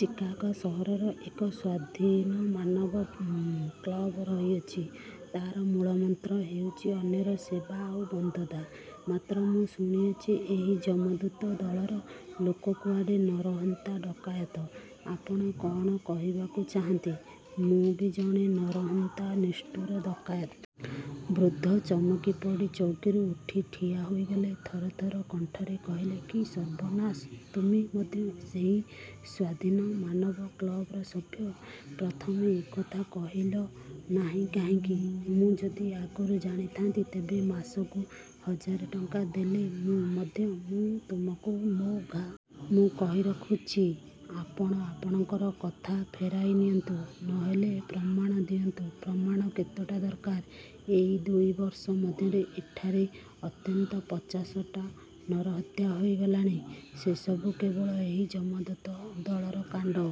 Chicago ସହରର ଏହି ସ୍ୱାଧୀନମାନବ କ୍ଳବ ରହିଅଛି। ତାର ମୂଳମନ୍ତ୍ର ହେଉଛି ଅନ୍ୟର ସେବା ଆଉ ବନ୍ଧୁତ୍ୱ। ମାତ୍ର ମୁଁ ଶୁଣୁଅଛି, ଏହି ଯମଦୂତ ଦଳର ଲୋକେ କୁଆଡ଼େ ନରହନ୍ତା, ଡକାୟତ। ଆପଣ କଅଣ କହିବାକୁ ଚାହାନ୍ତି, ମୁଁ ବି ଜଣେ ନରହନ୍ତା, ନିଷ୍ଠୁର ଡକାୟତ! ବୃଦ୍ଧ ଚମକିପଡ଼ି ଚୌକିରୁ ଉଠି ଠିଆ ହୋଇଗଲେ। ଥରଥର କଣ୍ଠରେ କହିଲେ, କି ସର୍ବନାଶ ତୁମେ ମଧ୍ୟ ସେହି ସ୍ୱାଧୀନମାନବ କ୍ଳବର ସଭ୍ୟ? ପ୍ରଥମେ ଏକଥା କହିଲ ନାହିଁ କାହିଁକି? ମୁଁ ଯଦି ଆଗରୁ ଜାଣିଥାଆନ୍ତି, ତେବେ ମାସକୁ ହଜାରେ ଟଙ୍କା ଦେଲେ ମଧ୍ୟ ମୁଁ ତୁମକୁ ମୋ ଘରେ ସ୍ଥାନ ଦେଇ ନ ଥାନ୍ତି। ମୁଁ କହି ରଖୁଛି, ଆପଣ ଆପଣଙ୍କ କଥା ଫେରାଇ ନିଅନ୍ତୁ ନ ହେଲେ ପ୍ରମାଣ ଦିଅନ୍ତ ପ୍ରମାଣ କେତେଟା ଦରକାର? ଏହି ଦୁଇ ବର୍ଷ ମଧ୍ୟରେ ଏଠାରେ ଅନ୍ତତଃ ପଚାଶଟା ନରହତ୍ୟା ହୋଇଗଲାଣି। ସେସବୁ କେବଳ ଏହି ଯମଦୂତ ଦଳର କାଣ୍ଡ।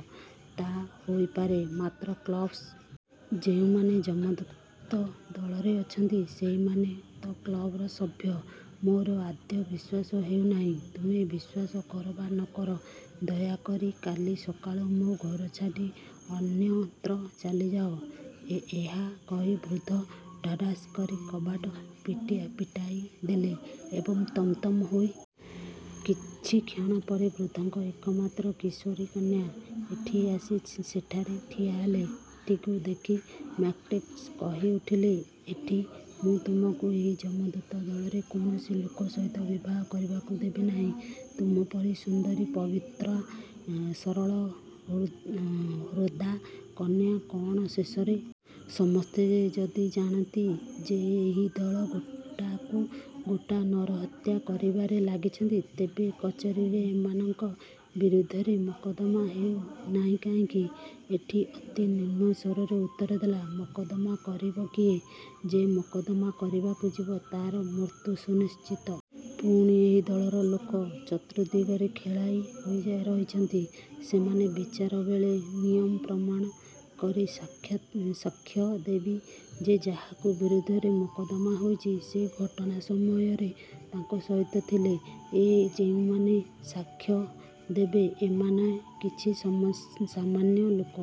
ତା ହୋଇପାରେ। ମାତ୍ର କ୍ଳବ୍ ସହିତ ସେମାନଙ୍କର ସମ୍ପର୍କ କଅଣ? ଯେଉଁମାନେ ଯମଦୂତ ଦଳରେ ଅଛନ୍ତି, ସେହିମାନେ ତ କ୍ଳବର ସଭ୍ୟ। ମୋର ଆଦୌ ବିଶ୍ୱାସ ହେଉ ନାହିଁ। ତୁମେ ବିଶ୍ୱାସ କର ବା ନ କର, ଦୟା କରି କାଲି ସକାଳୁ ମୋ ଘର ଛାଡ଼ି ଅନ୍ୟତ୍ର ଚାଲିଯାଅ। ଏହା କହି ବୃଦ୍ଧ ଧଡ଼ାସ୍ କରି କବାଟ ଫିଟାଇଦେଲେ ଏବଂ ତମତମ ହୋଇ ସେଠାରୁ ଚାଲିଗଲେ। କିଛିକ୍ଷଣ ପରେ ବୃଦ୍ଧଙ୍କର ଏକମାତ୍ର କିଶୋରୀ କନ୍ୟା ଏଟ୍ଟି ଆସି ସେଠାରେ ଠିଆହେଲା। ଏଟ୍ଟିକୁ ଦେଖି ମ୍ୟାକ୍ମାର୍ଡ଼ୋ କହିଉଠିଲେ, ଏଟ୍ଟି, ମୁଁ ତୁମକୁ ଏହି ଯମଦୂତ ଦଳର କୌଣସି ଲୋକ ସହିତ ବିବାହ ହେବାକୁ ଦେବି ନାହିଁ। ତୁମ ପରି ସୁନ୍ଦରୀ, ପବିତ୍ରା, ସରଳହୃଦା କନ୍ୟା କଅଣ ଶେଷରେ ଗୋଟାଏ ନରହନ୍ତା ଡକାୟତର ଘରଣୀ ହେବ? ସମସ୍ତେ ଯଦି ଜାଣନ୍ତି ଯେ ଏହି ଦଳ ଗୋଟାକୁ ଗୋଟା ନରହତ୍ୟା କରିବାରେ ଲାଗିଛନ୍ତି, ତେବେ କଚେରୀରେ ଏମାନଙ୍କ ବିରୁଦ୍ଧରେ ମକଦ୍ଦମା ହେଉ ନାହିଁ କାହିଁକି? ଏଟ୍ଟି ଅତି ନିମ୍ନ ସ୍ୱରରେ ଉତ୍ତରଦେଲା, ମକଦ୍ଦମା କରିବ କିଏ? ଯେ ମକଦ୍ଦମା କରିବାକୁ ଯିବ, ତାର ମୃତ୍ୟୁ ସୁନିଶ୍ଚିତ। ପୁଣି ଏହି ଦଳର ଲୋକେ ଚତୁର୍ଦ୍ଦିଗରେ ଖେଳାଇ ହୋଇ ରହିଅଛନ୍ତି। ସେମାନେ ବିଚାର ବେଳେ ନିୟମ ପ୍ରମାଣ କରି ସାକ୍ଷ୍ୟ ଦେବେ ଯେ ଯାହାଙ୍କ ବିରୁଦ୍ଧରେ ମକଦ୍ଦମା ହୋଇଛି, ସେ ଘଟଣା ସମୟରେ ତାଙ୍କ ସହିତ ଥିଲେ। ଏ ଯେଉଁମାନେ ସାକ୍ଷ୍ୟ ଦେବେ, ଏମାନେ କିଛି ସାମନ୍ୟ ଲୋକ ନୁହନ୍ତି।